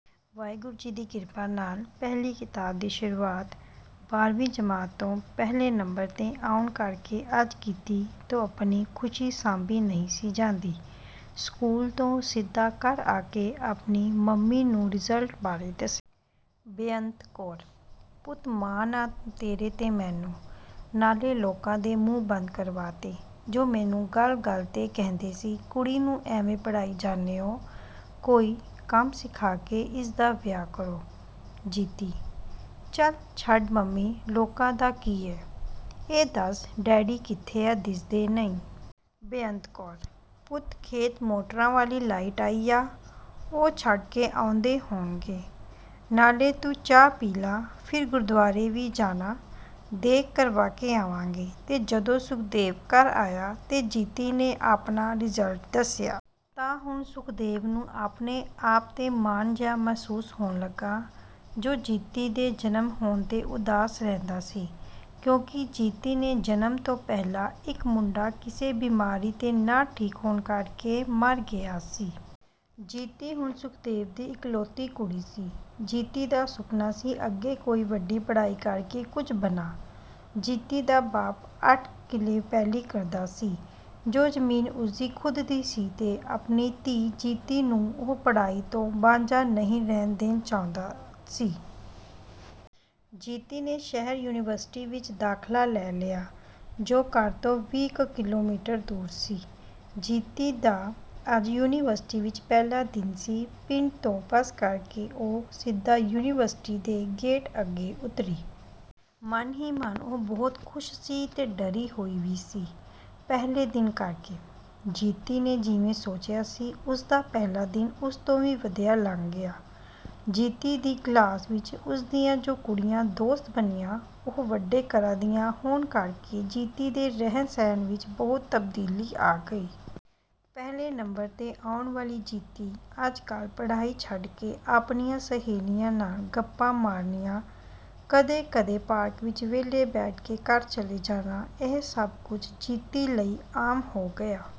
ਵਾਹਿਗੁਰੂ ਜੀ ਦੀ ਕਿਰਪਾ ਨਾਲ ਪਹਿਲੀ ਕਿਤਾਬ ਦੀ ਸੁਰੂਆਤ ਬਾਰਵੀਂ ਜਮਾਤ ਚੋਂ ਪਹਿਲੇ ਨੰਬਰ ਤੇ ਆਉਣ ਕਰਕੇ ਅੱਜ ਜੀਤੀ ਤੋਂ ਆਪਣੀ ਖੁਸ਼ੀ ਸਾਂਭੀ ਨਹੀਂ ਸੀ ਜਾਂਦੀ। ਸਕੂਲ ਤੋਂ ਸਿੱਧਾ ਘਰ ਆਕੇ ਆਪਣੀ ਮੰਮੀ ਨੂੰ ਰਿਜਲਟ ਬਾਰੇ ਦੱਸਿਆ। ਬੇਅੰਤ ਕੌਰ – ਪੁੱਤ, ਮਾਣ ਆ ਤੇਰੇ ਤੇ ਮੈਨੂੰ, ਨਾਲੇ ਲੋਕਾਂ ਦੇ ਮੂੰਹ ਬੰਦ ਕਰਵਾ ਤੇ ਜੋ ਮੈਨੂੰ ਗੱਲ ਗੱਲ ਤੇ ਕਹਿੰਦੇ ਸੀ ਕੁੜੀ ਨੂੰ ਐਵੇ ਪੜ੍ਹਾਈ ਜਾਣੇ ਓ, ਕੋਈ ਕੰਮ ਸਿਖਾ ਕੇ, ਇਸਦਾ ਵਿਆਹ ਕਰੋ… ਜੀਤੀ – ਚਲ ਛੱਡ ਮੰਮੀ ਲੋਕਾਂ ਦਾ ਕੀ ਆ… ਏ ਦੱਸ ਡੈਡੀ ਕਿੱਥੇ ਆ ਦਿਸਦੇ ਨਹੀਂ…. ਬੇਅੰਤ ਕੌਰ – ਪੁੱਤ, ਖੇਤ ਮੋਟਰਾਂ ਵਾਲ਼ੀ ਲਾਈਟ ਆਈ ਆ। ਉਹ ਛੱਡ ਕੇ ਆਉਂਦੇ ਹੋਣਗੇ, ਨਾਲੇ ਤੂੰ ਚਾਹ ਪੀ ਲਾ.. ਫਿਰ ਗੁਰਦੁਆਰੇ ਵੀ ਜਾਣਾ ਦੇਗ ਕਰਵਾਕੇ ਆਵਾਂਗੇ ਤੇ ਜਦੋ ਸੁਖਦੇਵ ਘਰ ਆਇਆ ਤੇ ਜੀਤੀ ਨੇ ਆਪਣਾ ਰਿਜ਼ਲਟ ਦੱਸਿਆ। ਤਾ ਹੁਣ ਸੁਖਦੇਵ ਨੂੰ ਆਪਣੇ ਆਪ ਤੇ ਮਾਣ ਜਾ ਮਹਿਸੂਸ ਹੋਣ ਲੱਗਾ, ਜੋ ਜੀਤੀ ਦੇ ਜਨਮ ਹੋਣ ਤੇ ਉਦਾਸ ਰਹਿੰਦਾ ਸੀ…. ਕਿਉਕਿ ਜੀਤੀ ਦੇ ਜਨਮ ਤੋਂ ਪਹਿਲਾਂ ਇੱਕ ਮੁੰਡਾ ਕਿਸੇ ਬਿਮਾਰੀ ਤੋ ਨਾ ਠੀਕ ਹੋਣ ਕਰਕੇ ਮਰ ਗਿਆ ਸੀ। ਜੀਤੀ ਹੁਣ ਸੁਖਦੇਵ ਦੀ ਇਕਲੌਤੀ ਕੁੜੀ ਸੀ ਜੀਤੀ ਦਾ ਸੁਪਨਾ ਸੀ ਅੱਗੇ ਕੋਈ ਵੱਡੀ ਪੜਾਈ ਕਰਕੇ ਕੁਝ ਬਣਾ.. ਜੀਤੀ ਦਾ ਬਾਪ ਅੱਠ ਕ਼ ਕਿੱਲੇ ਪੈਲ਼ੀ ਕਰਦਾ ਸੀ, ਜੋ ਜਮੀਨ ਉਸਦੀ ਖੁਦ ਦੀ ਸੀ ਤੇ ਆਪਣੀ ਧੀ ਜੀਤੀ ਨੂੰ ਉਹ ਪੜਾਈ ਤੋਂ ਬਾਂਝਾ ਨਹੀਂ ਰਹਿਣ ਦੇਣ ਚਾਹੁੰਦਾ ਸੀ…. ਜੀਤੀ ਨੇ ਸ਼ਹਿਰ ਯੂਨੀਵਰਸਿਟੀ ਵਿੱਚ ਦਾਖਲਾ ਲੈ ਲਿਆ, ਜੋ ਘਰ ਤੋਂ ਵੀਹ ਕ਼ ਕਿੱਲੋਮੀਟਰ ਦੂਰ ਸੀ। ਜੀਤੀ ਦਾ ਅੱਜ ਯੂਨੀਵਰਸਿਟੀ ਵਿੱਚ ਪਹਿਲਾਂ ਦਿਨ ਸੀ ਪਿੰਡ ਤੋਂ ਬੱਸ ਚੜਕੇ ਉਹ ਸਿੱਧਾ ਯੂਨੀਵਰਸਿਟੀ ਦੇ ਗੇਟ ਅੱਗੇ ਉੱਤਰੀ। ਮਨ ਹੀ ਮਨ ਉਹ ਬਹੁਤ ਖੁਸ਼ ਸੀ ਤੇ ਡਰੀ ਹੋਈ ਵੀ ਸੀ, ਪਹਿਲੇ ਦਿਨ ਕਰਕੇ….. ਜੀਤੀ ਨੇ ਜਿਵੇ ਸੋਚਿਆ ਸੀ, ਉਸਦਾ ਪਹਿਲਾ ਦਿਨ ਉਸਤੋਂ ਵੀ ਵਧੀਆ ਲੰਘ ਗਿਆ…. ਜੀਤੀ ਦੀ ਕਲਾਸ ਵਿੱਚ ਉਸਦੀਆ ਜੋ ਕੁੜੀਆਂ ਦੋਸਤ ਬਣੀਆਂ, ਉਹ ਵੱਡੇ ਘਰਾਂ ਦੀਆਂ ਹੋਣ ਕਰਕੇ ਜੀਤੀ ਦੇ ਰਹਿਣ ਸਹਿਣ ਵਿੱਚ ਬਹੁਤ ਤਬਦੀਲੀ ਆ ਗਈ। ਪਹਿਲੇ ਨੰਬਰ ਤੇ ਆਉਣ ਵਾਲੀ ਜੀਤੀ ਅੱਜ ਕੱਲ ਪੜ੍ਹਾਈ ਛੱਡਕੇ ਆਪਣੀਆ ਸਹੇਲੀਆਂ ਨਾਲ ਗੱਪਾ ਮਾਰਨੀਆਂ, ਕਦੇ ਕਦੇ ਪਾਰਕ ਵਿੱਚ ਵੇਹਲੇ ਬੈਠ ਕੇ ਘਰ ਚਲੇ ਜਾਣਾ, ਇਹ ਸਭ ਕੁਝ ਜੀਤੀ ਲਈ ਆਮ ਹੋ ਗਿਆ